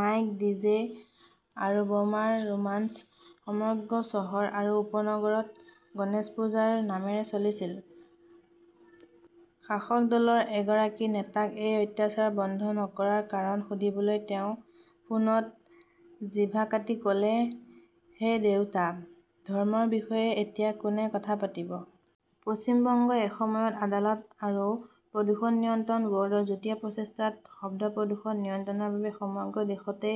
Mike, DJ আৰু বোমাৰ ৰোমাঞ্চ সমগ্ৰ চহৰ আৰু উপনগৰত গণেশ পূজাৰ নামেৰে চলিছিল। শাসক দলৰ এগৰাকী নেতাক এই অত্যাচাৰ বন্ধ নকৰাৰ কাৰণ সুধিবলৈ তেওঁ ফোনত জিভা কাটি ক'লে, হে দেউতা! ধৰ্মৰ বিষয়ে এতিয়া কোনে কথা পাতিব? পশ্চিম বংগই এসময়ত আদালত আৰু প্ৰদূষণ নিয়ন্ত্ৰণ বৰ্ডৰ যুটীয়া প্ৰচেষ্টাত শব্দ প্ৰদূষণ নিয়ন্ত্ৰণৰ বাবে সমগ্ৰ দেশতে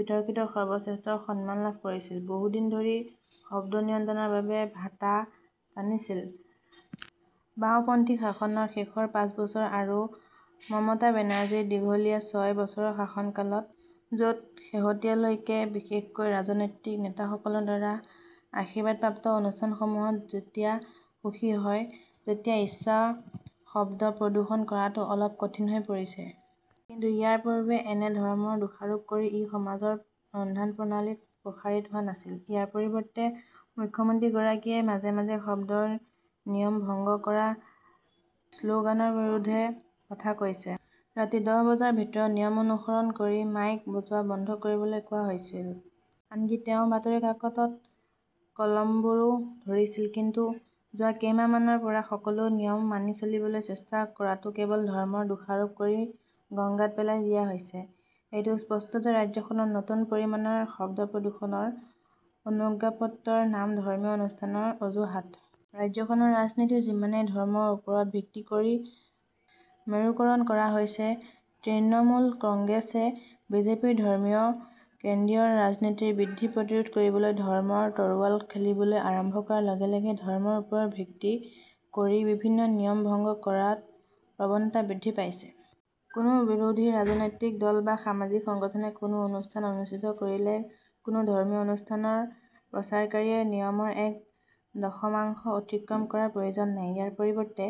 বিতৰ্কিত সৰ্বশ্ৰেষ্ঠৰ সন্মান লাভ কৰিছিল, বহু দিন ধৰি শব্দ নিয়ন্ত্ৰণৰ বাবে ভাটা টানিছিল। বাওঁপন্থী শাসনৰ শেষৰ পাঁচ বছৰ আৰু মমতা বেনাৰ্জীৰ দীঘলীয়া ছয় বছৰৰ শাসনকালত, য 'ত শেহতীয়াকৈ, বিশেষকৈ ৰাজনৈতিক নেতাসকলৰ দ্বাৰা আশীৰ্বাদপ্ৰাপ্ত অনুষ্ঠানসমূহত, যেতিয়া সুখী হয়, যেতিয়াই ইচ্ছা শব্দ প্ৰদূষণ কৰাটো অলপ কঠিন হৈ পৰিছে। কিন্তু ইয়াৰ পূৰ্বে এনে ধৰ্মৰ দোষাৰোপ কৰি ই সমাজৰ ৰন্ধনপ্ৰণালীত প্ৰসাৰিত হোৱা নাছিল। ইয়াৰ পৰিৱৰ্তে মুখ্যমন্ত্ৰীগৰাকীয়ে মাজে-মাজে শব্দৰ নিয়ম ভংগ কৰা শ্লোগানৰ বিৰুদ্ধে কথা কৈছে। ৰাতি দহ বজাৰ ভিতৰত নিয়ম অনুসৰণ কৰি মাইক বজোৱা বন্ধ কৰিবলৈ কোৱা হৈছিল। আনকি তেওঁ বাতৰি কাকতত কলমবোৰো ধৰিছিল। কিন্তু যোৱা কেইমাহমানৰ পৰা সকলো নিয়ম মানি চলিবলৈ চেষ্টা কৰাটো কেৱল ধৰ্মৰ দোষাৰোপ কৰি গঙ্গাত পেলাই দিয়া হৈছে। এইটো স্পষ্ট যে ৰাজ্যখনত নতুন পৰিমাণৰ শব্দ প্ৰদূষণৰ অনুজ্ঞাপত্ৰৰ নাম ধৰ্মীয় অনুষ্ঠানৰ অজুহাত। ৰাজ্যখনৰ ৰাজনীতি যিমানেই ধৰ্মৰ ওপৰত ভিত্তি কৰি মেৰুকৰণ কৰা হৈছে, তৃণমূল কংগ্ৰেছে বিজেপিৰ ধৰ্মীয় কেন্দ্ৰীয় ৰাজনীতিৰ বৃদ্ধি প্ৰতিৰোধ কৰিবলৈ ধৰ্মৰ তৰোৱাল খেলিবলৈ আৰম্ভ কৰাৰ লগে-লগে ধৰ্মৰ ওপৰত ভিত্তি কৰি বিভিন্ন নিয়ম ভংগ কৰাৰ প্ৰৱণতা বৃদ্ধি পাইছে। কোনো বিৰোধী ৰাজনৈতিক দল বা সামাজিক সংগঠনে কোনো অনুষ্ঠান অনুষ্ঠিত কৰিলে কোনো ধৰ্মীয় অনুষ্ঠানৰ প্ৰচাৰকাৰীয়ে নিয়মৰ এক দশমাংশ অতিক্ৰম কৰাৰ প্ৰয়োজন নাই। ইয়াৰ পৰিৱৰ্তে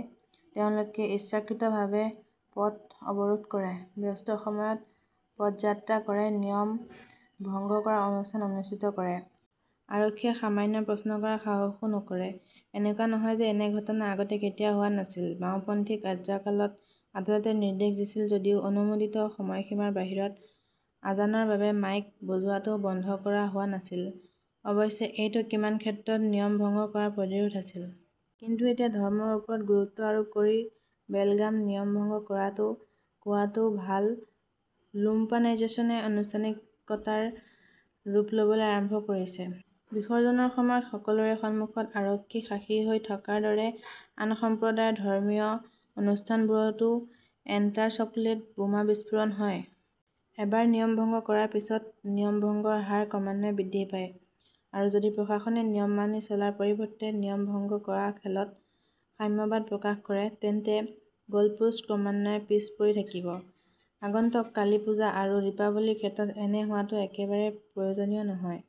তেওঁলোকে ইচ্ছাকৃতভাৱে পথ অৱৰোধ কৰে, ব্যস্ত সময়ত পদযাত্ৰা কৰে, নিয়ম ভংগ কৰাৰ অনুষ্ঠান অনুষ্ঠিত কৰে। আৰক্ষীয়ে সামান্য প্ৰশ্ন কৰাৰ সাহসও নকৰে। এনেকুৱা নহয় যে এনে ঘটনা আগতে কেতিয়াও হোৱা নাছিল। বাওঁপন্থী কাৰ্যকালত আদালতে নিৰ্দেশ দিছিল যদিও অনুমোদিত সময়সীমাৰ বাহিৰত আজানৰ বাবে মাইক বজোৱাটো বন্ধ কৰা হোৱা নাছিল। অৱশ্যে, এইটো কিছুমান ক্ষেত্ৰত নিয়ম ভংগ কৰাৰ প্ৰতিৰোধ আছিল। কিন্তু এতিয়া ধৰ্মৰ ওপৰত গুৰুত্ব আৰোপ কৰি বেলগাম নিয়ম ভংগ কৰাটো, কোৱাটো ভাল, 'লুম্পানাইজেচন -এ আনুষ্ঠানিকতাৰ ৰূপ ল' বলৈ আৰম্ভ কৰিছে। বিসৰ্জনৰ সময়ত সকলোৰে সন্মুখত আৰক্ষীৰ সাক্ষী হৈ থকাৰ দৰে আন সম্প্ৰদায়ৰ ধৰ্মীয় অনুষ্ঠানবোৰতো এনতাৰ চকলেট বোমা বিস্ফোৰণ হয়। এবাৰ নিয়ম ভংগ কৰাৰ পিছত নিয়ম ভংগৰ হাৰ ক্ৰমান্বয়ে বৃদ্ধি পায়। আৰু যদি প্ৰশাসনে নিয়ম মানি চলাৰ পৰিৱৰ্তে নিয়ম ভংগ কৰা খেলত সাম্যবাদ প্ৰকাশ কৰে, তেন্তে গলপোষ্ট ক্ৰমান্বয়ে পিছ পৰি থাকিব। আগন্তুক কালী পূজা আৰু দীপাৱলীৰ ক্ষেত্ৰত এনে হোৱাটো একেবাৰে প্ৰয়োজনীয় নহয়।